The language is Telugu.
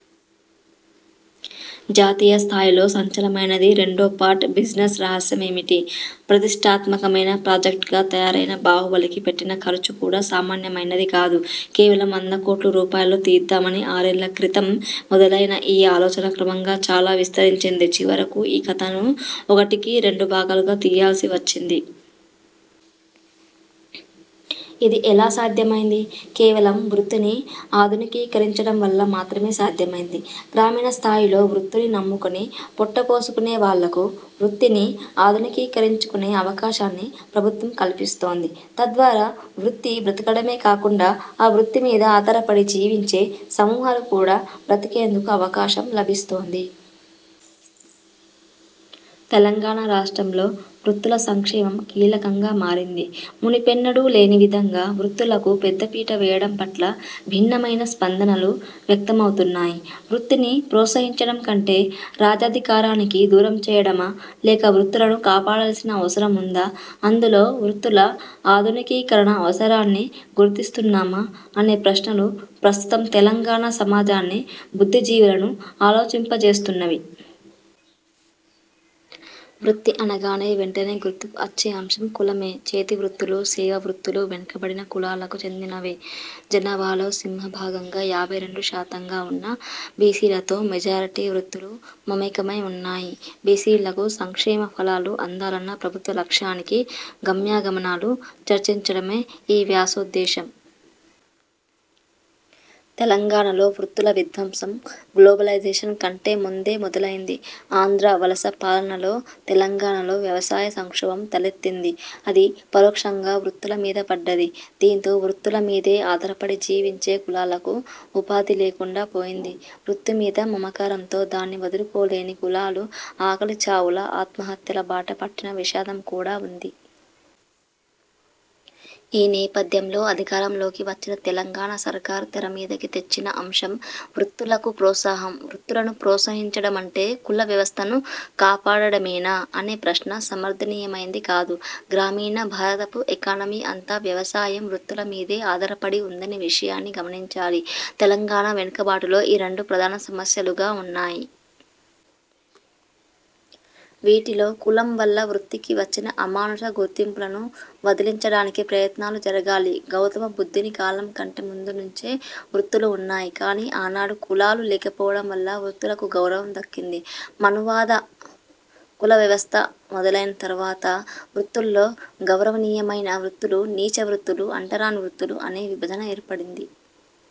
జాతీయ స్థాయిలో సంచలనమైంది. రెండో పార్ట్ బిజినెస్ రహస్యం ఏమిటి? ప్రతిష్ఠాత్మకమైన ప్రాజెక్ట్గా తయారైన బాహుబలికి పెట్టిన ఖర్చు కూడా సామాన్యమైనదేమీ కాదు. కేవలం వంద కోట్ల రూపాయల్లో తీద్దామని, ఆరేళ్ళ క్రితం మొదలైన ఈ ఆలోచన క్రమంగా చాలా విస్తరించింది. చివరకు ఈ కథను ఒకటికి, రెండు భాగాలుగా తీయాల్సి వచ్చింది. ఇది ఎలా సాధ్యమైంది? కేవలం వృత్తిని ఆధునికీకరించడం వల్ల మాత్రమే సాధ్యమైంది. గ్రామీణ స్థాయిలో వృత్తిని నమ్ముకొని పొట్టపోసుకునే వాళ్లకు వృత్తిని ఆధునికీకరించుకునే అవకాశాన్ని ప్రభుత్వం కల్పిస్తోంది. తద్వారా వృత్తి బ్రతకడమే కాకుండా, ఆ వృత్తి మీద ఆధారపడి జీవించే సమూహాలు కూడా బ్రతికేందుకు అవకాశం లభిస్తోంది. తెలంగాణ రాష్ట్రంలో వృత్తుల సంక్షేమం కీలకంగా మారింది. మునుపెన్నడూ లేనివిధంగా వృత్తులకు పెద్దపీటవేయడం పట్ల భిన్నమైన స్పందనలు వ్యక్తమవుతున్నాయి. వృత్తిని ప్రోత్సహించడం అంటే రాజ్యాధికారానికి దూరం చేయడమా? లేక వృత్తులను కాపాడాల్సిన అవసరం ఉందా? అందులో వృత్తుల ఆధునికీకరణ అవసరాన్ని గుర్తిస్తున్నామా? అనే ప్రశ్నలు ప్రస్తుతం తెలంగాణ సమాజాన్ని, బుద్ధిజీవులను ఆలోచింపజేస్తున్నవి. వృత్తి అనగానే వెంటనే గుర్తుకు వచ్చే అంశం కులమే. చేతి వృత్తులు, సేవ వృత్తులు వెనుకబడిన కులాలకు చెందినవే. జనాభాలో సింహభాగంగా యాభై రెండు శాతంగా ఉన్న బీసీలతో మెజారిటీ వృత్తులు మమేకమై ఉన్నాయి. బీసీలకు సంక్షేమ ఫలాలు అందాలన్న ప్రభుత్వ లక్ష్యానికి గమ్యాగమనాలు చర్చించడమే ఈ వ్యాసోద్ధేశం. తెలంగాణలో వృత్తుల విధ్వంసం గ్లోబలైజేషన్ కంటే ముందే మొదలైంది. ఆంధ్ర వలస పాలనలో తెలంగాణలో వ్యవసాయ సంక్షోభం తలెత్తింది. అది పరోక్షంగా వృత్తుల మీద పడ్డది. దీంతో వృత్తుల మీదే ఆధారపడి జీవించే కులాలకు ఉపాధి లేకుండా పోయింది. వృత్తి మీద మమకారంతో దాన్ని వదులుకోలేని కులాలు ఆకలి చావుల, ఆత్మహత్యల బాట పట్టిన విషాదం కూడా ఉంది. ఈ నేపథ్యంలో అధికారంలోకి వచ్చిన తెలంగాణ సర్కార్ తెరమీదికి తెచ్చిన అంశం వృత్తులకు ప్రోత్సాహం. వృత్తులను ప్రోత్సహించడమంటే కుల వ్యవస్థను కాపాడడమేనా? అనే ప్రశ్న సమర్థనీయమైంది కాదు. గ్రామీణ భారతపు ఎకానమీ అంతా వ్యవసాయం, వృత్తుల మీదే ఆధారపడి ఉందనే విషయాన్ని గమనించాలి. తెలంగాణ వెనుకబాటులో ఈ రెండు ప్రధాన సమస్యలుగా ఉన్నాయి. వీటిలో కులం వల్ల వృత్తికి వచ్చిన అమానుష గుర్తింపులను వదిలించడానికి ప్రయత్నాలు జరగాలి. గౌతమ బుద్ధుని కాలం కంటే ముందు నుంచే వృత్తులు ఉన్నాయి. కానీ, ఆనాడు కులాలు లేకపోవడం వల్ల వృత్తులకు గౌరవం దక్కింది. మనువాద కుల వ్యవస్థ మొదలైన తరువాత వృత్తుల్లో గౌరవనీయమైన వృత్తులు, నీచ వృత్తులు, అంటరాని వృత్తులు అనే విభజన ఏర్పడింది.